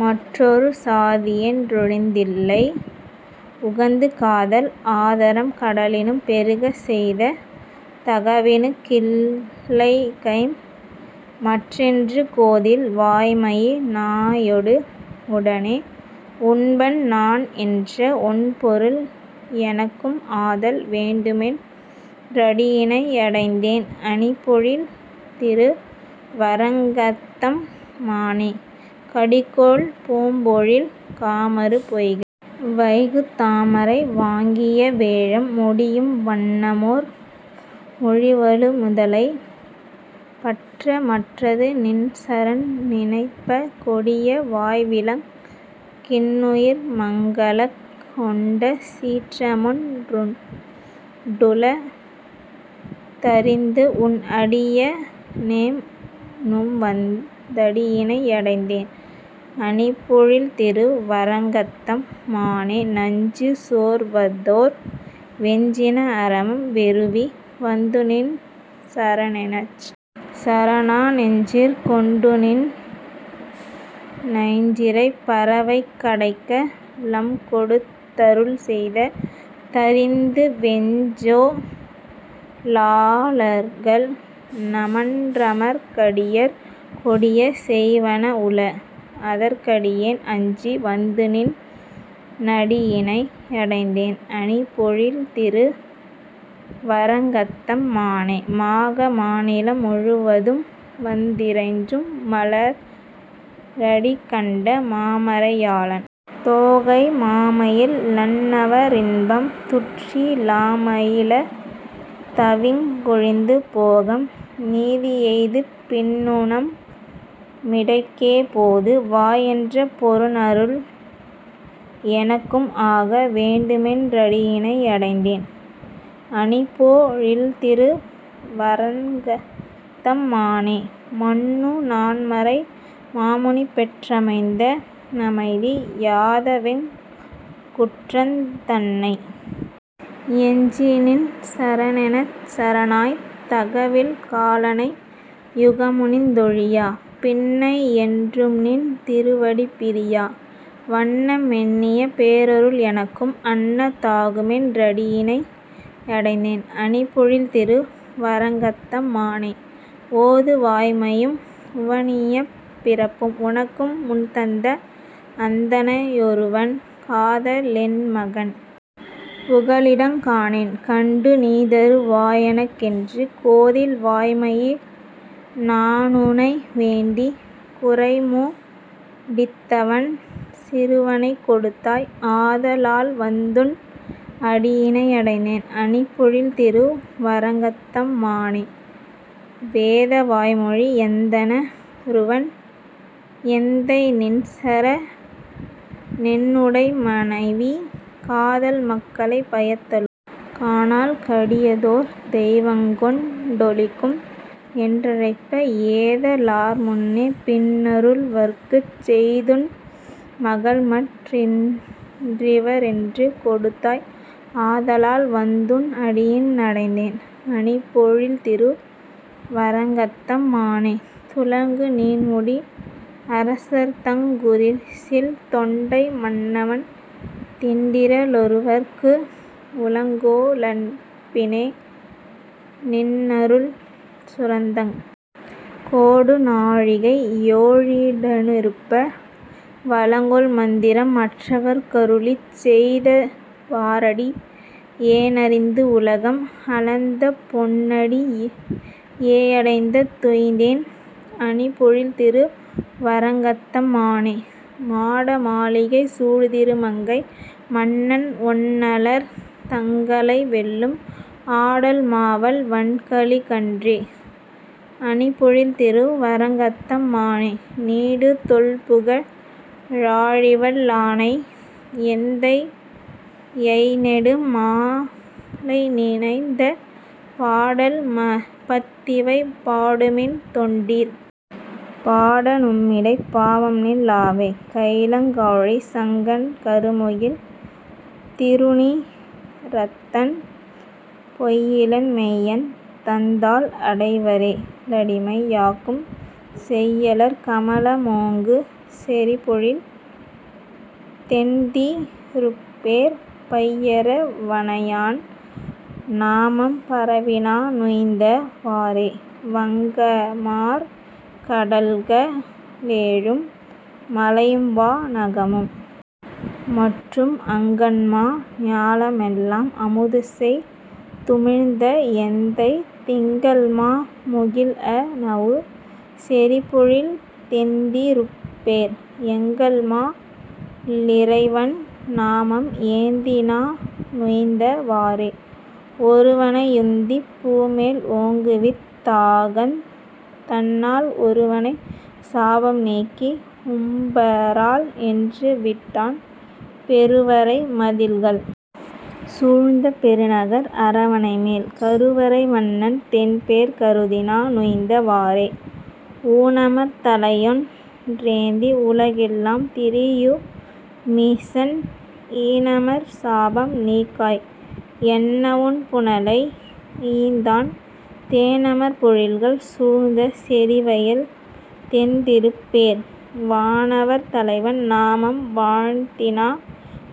மற்றோர் சாதியென் றொழிந்திலை, உகந்து காதல் ஆதரம் கடலினும் பெருகச் செய்த தகவினுக் கில்லைகைம் மற்றென்று கோதில் வாய்மையி னாயொடு முடனே உண்பன் நான் என்ற ஓண்பொருள் எனக்கும் ஆதல் வேண்டுமென் றடியிணை யடைந்தேன் அணிபொ ழில்திரு வரங்கத்தம் மானே கடிகொள் பூம்பொழில் காமரு பொய்கை வைகு தாமரை வாங்கிய வேழம், முடியும் வண்ணமோர் முழுவலி முதலை பற்ற மற்றது நின்சரண் நினைப்ப கொடிய வாய்விலங் கின்னுயிர்மங்கலக் கொண்டசீற்றமொன் றுண்டுள தறிந்து, உன் அடிய னேனும்வந் தடியிணை யடைந்தேன் அணிபொ ழில்திரு வரங்கத்தம் மானே நஞ்சு சோர்வதோர் வெஞ்சின அரம் வெருவி வந்துநின் சரணெனச் சரணா நெஞ்சிற் கொண்டுநின் னஞ்சிறைப் பறவைக் கடைக்க லம்கொடுத் தருள்செய்த தறிந்து வெஞ்சொ லாளர்கள் நமன்றமர் கடியர் கொடிய செய்வன வுள, அதற் கடியேன் அஞ்சி வந்துநின் னடியிணை யடைந்தேன் அணிபொ ழில்திரு வரங்கத்தம் மானே மாக மாநிலம் முழுவதும்வந் திரைஞ்சும் மலர டிகண்ட மாமறை யாளன், தோகை மாமயி லன்னவ ரின்பம் துற்றி லாமையிலத்தவிங் கொழிந்து போகம் நீதியெய்திப் பின்னும் மிடைக்கே போது வாய், என்ற பொன்னருள், எனக்கும் ஆக வேண்டுமென் றடியிணை யடைந்தேன் அணிபொ ழில்திரு வரங்கத்தம் மானே மன்னு நான்மறை மாமுனி பெற்ற மைந்த னைமதி யாதவெங் கூற்றந் தன்னை யஞ்சிநின் சரணெனச் சரணாய்த் தகவில் காலனை யுகமுனிந் தொழியா பின்னை யென்றும்நின் திருவடி பிரியா வண்ண மெண்ணிய பேரருள், எனக்கும் அன்ன தாகுமென் றடியிணை யடைந்தேன் அணிபொ ழில்திரு வரங்கத்தம் மானே ஓது வாய்மையும் உவனியப் பிறப்பும் உனக்கு முன்தந்த அந்தண னொருவன், காத லென்மகன் புகலிடங் காணேன், கண்டு நீதரு வாயெனக் கென்று, கோதில் வாய்மையி னானுனை வேண்டிய குறைமு டித்தவன் சிறுவனைக் கொடுத்தாய், ஆத லால்வந்துன் அடியிணை யடைந்தேன் அணிபொ ழில்திரு வரங்கத்தம் மானே வேத வாய்மொழி யந்தண னொருவன் எந்தை நின்சர ணென்னுடை மனைவி, காதல் மக்களைப் பயத்தலும் காணாள் கடிய தோர் தெய்வங்கொண் டொளிக்கும், என்றழைப்ப ஏத லார்முன்னே யின்னரு ளவர்க்குச் செய்துன் மக்கள்மற் றிவரென்று கொடுத்தாய், ஆத லால்வந்துன் அடியிணை யடைந்தேன் அணிபொ ழில்திரு வரங்கத்தம் மானே துளங்கு நீண்முடி அரசர்தங்குரிசில் தொண்டை மன்னவன் திண்டிற லொருவற்கு உளங்கொ ளன்பினோ டின்னருள் சுரந்தங் கோடு நாழிகை யோழுடனிருப்ப, வளங்கொள் மந்திரம் மற்றவற் கருளிச் செய்த வாறடி யேனறிந்து, உலகம் அளந்த பொன்னடி யேயடைந் துய்ந்தேன் அணிபொ ழில்திரு வரங்கத்தம் மானே மாடமாளிகை சூழ்திரு மங்கை மன்னன் ஒன்னலர் தங்களை வெல்லும், ஆடல் மாவல் வன்கலி கன்றி அணிபொ ழில்திரு வரங்கத்தம் மானை, நீடு தொல்புக ழாழிவல் லானை எந்தை யைநெடு மாலைநி னைந்த, பாடல் பத்திவை பாடுமின் தொண்டீர். பாட நும்மிடைப் பாவம்நில் லாவே கையிலங் காழி சங்கன் கருமுகில் திருநி றத்தன், பொய்யிலன் மெய்யன் தந்தாள் அடைவரே லடிமை யாக்கும், செய்யலர் கமல மோங்கு செறிபொழில் தென்தி ருப்பேர் பையர வணையான் நாமம் பரவிநா னுய்ந்த வாறே வங்கமார் கடல்க ளேழும் மலையும்வா னகமும் மற்றும், அங்கண்மா ஞால மெல்லாம் அமுதுசெய் துமிழ்ந்த எந்தை, திங்கள்மா முகில்அ ணவு செறிபொழில் தெந்தி ருப்பேர், எங்கள்மா லிறைவன் நாமம் ஏத்திநா னுய்ந்த வாறே ஒருவனை யுந்திப் பூமேல் ஓங்குவித் தாகந் தன்னால், ஒருவனைச் சாபம் நீக்கி உம்பராள், என்று விட்டான், பெருவரை மதிள்கள் சூழ்ந்த பெருநகர் அரவ ணைமேல் கருவரை வண்ணன் தென்பேர் கருதிநா னுய்ந்த வாறே ஊனமர் தலையொன் றேந்தி உலகெலாம் திரியு மீசன் ஈனமர் சாபம் நீக்காய், என்னவொண் புனலை யீந்தான், தேனமர் பொழில்கள் சூழ்ந்த செறிவயல் தென்தி ருப்பேர், வானவர் தலைவன் நாமம் வாழ்த்திநா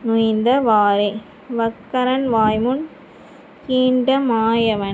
னுய்ந்த வாறே வக்கரன் வாய்முன் கீண்ட மாயவனே